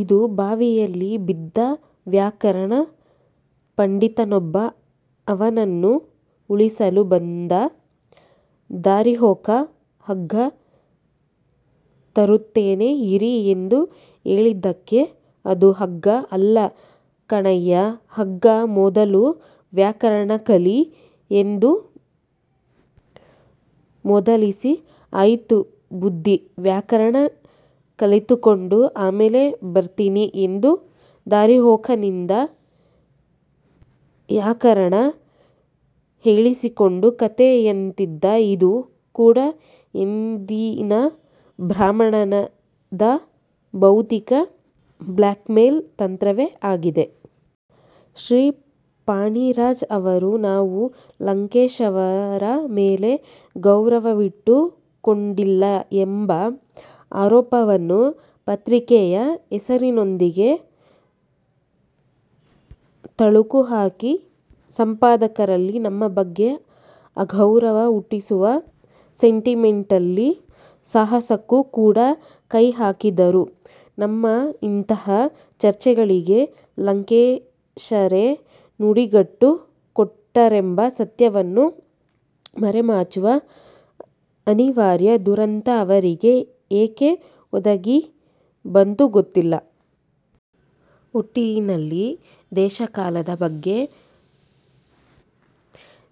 ಇದು ಬಾವಿಯಲ್ಲಿ ಬಿದ್ದ ವ್ಯಾಕರಣ ಪಂಡಿತನೊಬ್ಬ ಅವನನ್ನು ಉಳಿಸಲು ಬಂದ ದಾರಿಹೋಕ 'ಅಗ್ಗ ತರುತ್ತೇನೆ ಇರಿ' ಎಂದು ಹೇಳಿದ್ದಕ್ಕೆ, 'ಅದು 'ಅಗ್ಗ' ಅಲ್ಲ ಕಣಯ್ಯ 'ಹಗ್ಗ', ಮೊದಲು ವ್ಯಾಕರಣ ಕಲಿ' ಎಂದು ಮೂದಲಿಸಿ 'ಆಯ್ತು ಬುದ್ಧಿ, ವ್ಯಾಕರಣ ಕಲಿತುಕೊಂಡು ಆಮೇಲೆ ಬತ್ತೀನಿ' ಎಂದು ದಾರಿಹೋಕನಿಂದ 'ಯಾಕರಣ' ಹೇಳಿಸಿಕೊಂಡ ಕಥೆಯಂತಿದೆ ಇದೂ ಕೂಡ ಎಂದಿನ 'ಬ್ರಾಹ್ಮಣ್ಯ'ದ ಬೌದ್ಧಿಕ ಬ್ಲ್ಯಾಕ್ಮೇಲ್ ತಂತ್ರವೇ ಆಗಿದೆ. ಶ್ರೀ ಫಣಿರಾಜ್ ಅವರು ನಾವು ಲಂಕೇಶರ ಮೇಲೆ ಗೌರವವಿಟ್ಟುಕೊಂಡಿಲ್ಲ ಎಂಬ ಆರೋಪವನ್ನು ಪತ್ರಿಕೆಯ ಹೆಸರಿನೊಂದಿಗೆ ತಳುಕು ಹಾಕಿ ಸಂಪಾದಕರಲ್ಲಿ ನಮ್ಮ ಬಗ್ಗೆ ಅಗೌರವ ಹುಟ್ಟಿಸುವ 'ಸೆಂಟಿಮೆಂಟಲ್ ಸಾಹಸ'ಕ್ಕೂ ಕೂಡ ಕೈ ಹಾಕಿದರು. ನಮ್ಮ ಇಂತಹ ಚರ್ಚೆಗಳಿಗೆ ಲಂಕೇಶರೇ ನುಡಿಗಟ್ಟು ಕೊಟ್ಟರೆಂಬ ಸತ್ಯವನ್ನು ಮರೆಮಾಚುವ ಅನಿವಾರ್ಯ ದುರಂತ ಅವರಿಗೆ ಏಕೆ ಒದಗಿ ಬಂತೋ ಗೊತ್ತಿಲ್ಲ. ಒಟ್ಟಿನಲ್ಲಿ 'ದೇಶಕಾಲ'ದ ಬಗ್ಗೆ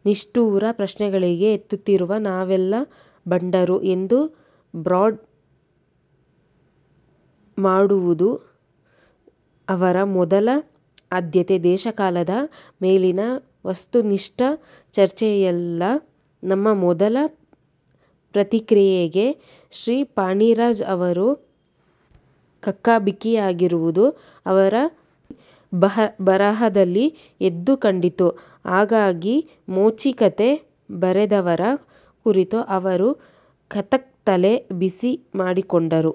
ನಿಷ್ಠುರ ಪ್ರಶ್ನೆಗಳನ್ನು ಎತ್ತುತ್ತಿರುವ ನಾವೆಲ್ಲ 'ಭಂಡರು' ಎಂದು ಬ್ರಾಂಡ್ ಮಾಡುವುದು ಅವರ ಮೊದಲ ಆದ್ಯತೆ 'ದೇಶಕಾಲ'ದ ಮೇಲಿನ ವಸ್ತುನಿಷ್ಠ ಚರ್ಚೆಯಲ್ಲ. ನಮ್ಮ ಮೊದಲ ಪ್ರತಿಕ್ರಿಯೆಗೆ ಶ್ರೀ ಫಣಿರಾಜ್ ಅವರು ಕಕ್ಕಾಬಿಕ್ಕಿಯಾಗಿರುವುದು ಅವರ ಬರಹದಲ್ಲಿ ಎದ್ದು ಕಂಡಿತು. ಹಾಗಾಗಿ 'ಮೋಚಿ' ಕಥೆ ಬರೆದವರ ಕುರಿತು ಅವರು 'ಸಖತ್' ತಲೆ ಬಿಸಿ ಮಾಡಿಕೊಂಡರು.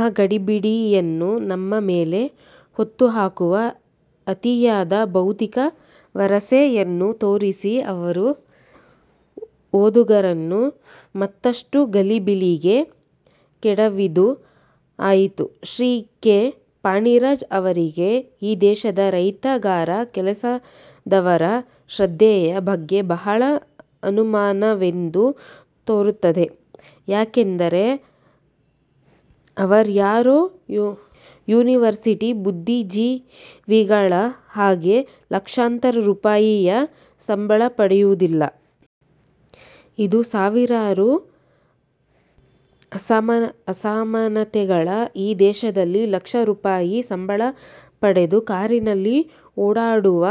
ಆ ಗಡಿಬಿಡಿಯನ್ನು ನಮ್ಮ ಮೇಲೆ ಹೊತ್ತುಹಾಕುವ ಅತಿಯಾದ 'ಬೌದ್ಧಿಕ ವರಸೆ'ಯನ್ನೂ ತೋರಿಸಿ ಅವರು ಓದುಗರನ್ನು ಮತ್ತಷ್ಟು ಗಲಿಬಿಲಿಗೆ ಕೆಡವಿದ್ದೂ ಆಯಿತು. ಶ್ರೀ ಕೆ. ಫಣಿರಾಜ್ ಅವರಿಗೆ ಈ ದೇಶದ ರೈತ ಗಾರೆ ಕೆಲಸದವರ ಶ್ರದ್ಧೆಯ ಬಗ್ಗೆ ಬಹಳ ಅನುಮಾನವೆಂದು ತೋರುತ್ತದೆ. ಯಾಕೆಂದರೆ ಅವರ್ಯಾರೂ ಯುನಿವರ್ಸಿಟಿ ಬುದ್ಧಿಜೀವಿಗಳ ಹಾಗೆ ಲಕ್ಷಾಂತರ ರೂಪಾಯಿಯ ಸಂಬಳ ಪಡೆಯುವುದಿಲ್ಲ. ಇದು ಸಾವಿರಾರು ಅಸಮಾನತೆಗಳ ಈ ದೇಶದಲ್ಲಿ ಲಕ್ಷ ರೂಪಾಯಿ ಸಂಬಳ ಪಡೆದು ಕಾರಿನಲ್ಲಿ ಓಡಾಡುವ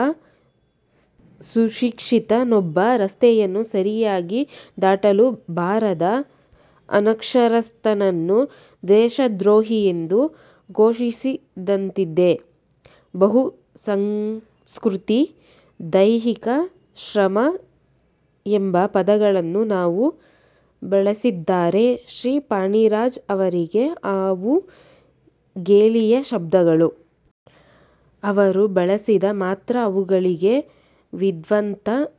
'ಸುಶಿಕ್ಷಿತ'ನೊಬ್ಬ ರಸ್ತೆಯನ್ನು ಸರಿಯಾಗಿ ದಾಟಲು ಬಾರದ ಅನಕ್ಷರಸ್ಥನನ್ನು ದೇಶದ್ರೋಹಿಯೆಂದು ಘೋಷಿಸಿದಂತಿದೆ. 'ಬಹು ಸಂಸ್ಕೃತಿ', 'ದೈಹಿಕ ಶ್ರಮ' ಎಂಬ ಪದಗಳನ್ನು ನಾವು ಬಳಸಿದರೆ ಶ್ರೀ ಫಣಿರಾಜ್ ಅವರಿಗೆ ಅವು ಗೇಲಿಯ ಶಬ್ದಗಳು. ಅವರು ಬಳಸಿದಾಗ ಮಾತ್ರ ಅವುಗಳಿಗೆ 'ವಿದ್ವತ್ತನ'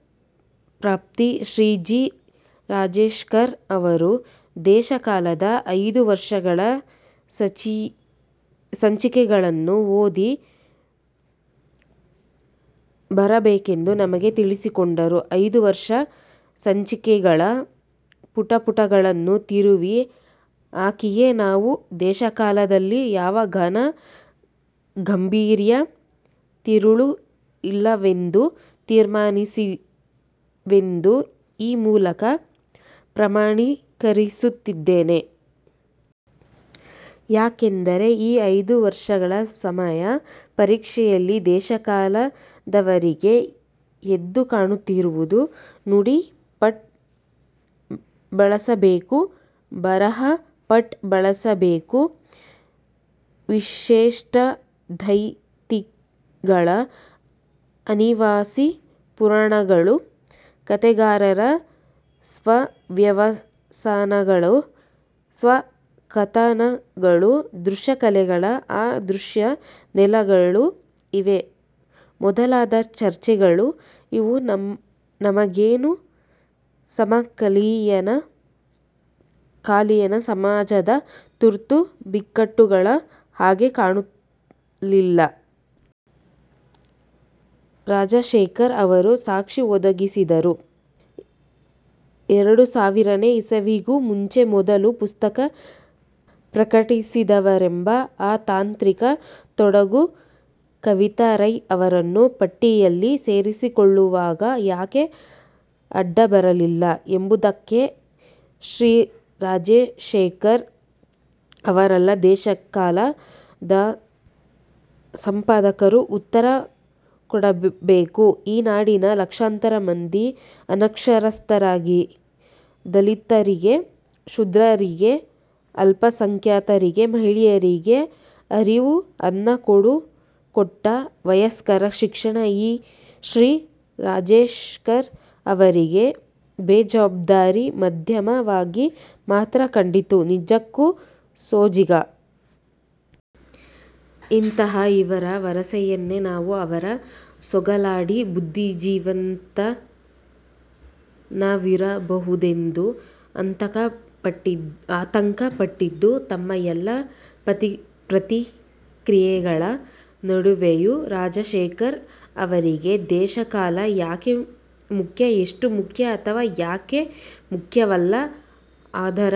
ಪ್ರಾಪ್ತಿ. ಶ್ರೀ ಜಿ. ರಾಜಶೇಖರ್ ಅವರು 'ದೇಶಕಾಲ'ದ ಐದೂ ವರ್ಷಗಳ ಸಂಚಿಕೆಗಳನ್ನು ಓದಿ ಬರಬೇಕೆಂದು ನಮಗೆ ತಿಳಿಸಿಕೊಟ್ಟರು. ಐದೂ ವರ್ಷಗಳ ಸಂಚಿಕೆಗಳ ಪುಟಪುಟಗಳನ್ನೂ ತಿರುವಿ ಹಾಕಿಯೇ ನಾವು 'ದೇಶಕಾಲ'ದಲ್ಲಿ ಯಾವ ಘನ ಗಾಂಭೀರ್ಯ ತಿರುಳೂ ಇಲ್ಲವೆಂದು ತೀರ್ಮಾನಿಸಿದ್ದೇವೆಂದು ಈ ಮೂಲಕ ಪ್ರಮಾಣೀಕರಿಸುತ್ತಿದ್ದೇವೆ. ಯಾಕೆಂದರೆ ಈ ಐದು ವರ್ಷಗಳ 'ಸಮಯ ಪರೀಕ್ಷೆ'ಯಲ್ಲಿ 'ದೇಶಕಾಲ'ದವರಿಗೆ ಎದ್ದು ಕಾಣುತ್ತಿರುವುದು 'ನುಡಿ ಫಾಂಟ್ ಬಳಸಬೇಕೋ, ಬರಹ ಫಾಂಟ್ ಬಳಸಬೇಕೋ', 'ವಿಶಿಷ್ಟಾದ್ವೈತಿಗಳ ಅನಿವಾಸಿ ಪುರಾಣಗಳು', 'ಕಥೆಗಾರರ ಸ್ವ-ವ್ಯಸನಗಳು- ಸ್ವ-ಕಥನಗಳು', 'ದೃಶ್ಯಕಲೆಗಳ ಅ-ದೃಶ್ಯ ನೆಲೆಗಳು' ಇವೇ ಮೊದಲಾದ ಚರ್ಚೆಗಳು. ಇವು ನಮಗೇನೂ ಸಮಕಾಲೀನ ಸಮಾಜದ ತುರ್ತು ಬಿಕ್ಕಟ್ಟುಗಳ ಹಾಗೆ ಕಾಣಲಿಲ್ಲ. ರಾಜಶೇಖರ್ ಅವರು ಸಾಕ್ಷಿ ಒದಗಿಸಿದರು. ಎರಡು ಸಾವಿರನೇ ಇಸವಿಗೂ ಮುಂಚೆ ಮೊದಲ ಪುಸ್ತಕ ಪ್ರಕಟಿಸಿದವರೆಂಬ ಆ 'ತಾಂತ್ರಿಕ ತೊಡಕು' ಕವಿತಾ ರೈ ಅವರನ್ನು ಪಟ್ಟಿಯಲ್ಲಿ ಸೇರಿಸಿಕೊಳ್ಳುವಾಗ ಯಾಕೆ ಅಡ್ಡ ಬರಲಿಲ್ಲ ಎಂಬುದಕ್ಕೆ ಶ್ರೀ ರಾಜಶೇಖರ್ ಅವರಲ್ಲ. 'ದೇಶಕಾಲ'ದ ಸಂಪಾದಕರು ಉತ್ತರ ಕೊಡಬೇಕು. ಈ ನಾಡಿನ ಲಕ್ಷಾಂತರ ಮಂದಿ ಅನಕ್ಷರಸ್ಥರಿಗೆ, ದಲಿತರಿಗೆ, ಶೂದ್ರರಿಗೆ, ಅಲ್ಪ ಸಂಖ್ಯಾತರಿಗೆ, ಮಹಿಳೆಯರಿಗೆ ಅರಿವು, ಅನ್ನ ಕೊಟ್ಟ ವಯಸ್ಕರ ಶಿಕ್ಷಣ ಶ್ರೀ ರಾಜಶೇಖರ್ ಅವರಿಗೆ 'ಬೇಜವಾಬ್ದಾರಿ ಮಾಧ್ಯಮ'ವಾಗಿ ಮಾತ್ರ ಕಂಡಿದ್ದು ನಿಜಕ್ಕೂ ಸೋಜಿಗ. ಇಂತಹ ಇವರ ವರಸೆಯನ್ನೇ ನಾವು ಅವರ ಸೋಗಲಾಡಿ ಬುದ್ಧಿಜೀವಿತನವಿರಬಹುದೆಂದು ಆತಂಕ ಪಟ್ಟಿದ್ದು. ತಮ್ಮ ಎಲ್ಲಾ ಪ್ರತಿಕ್ರಿಯೆಗಳ ನಡುವೆಯೂ ರಾಜಶೇಖರ್ ಅವರಿಗೆ 'ದೇಶ ಕಾಲ' ಯಾಕೆ ಮುಖ್ಯ, ಎಷ್ಟು ಮುಖ್ಯ, ಅಥವಾ ಯಾಕೆ ಮುಖ್ಯವಲ್ಲ ಅದರ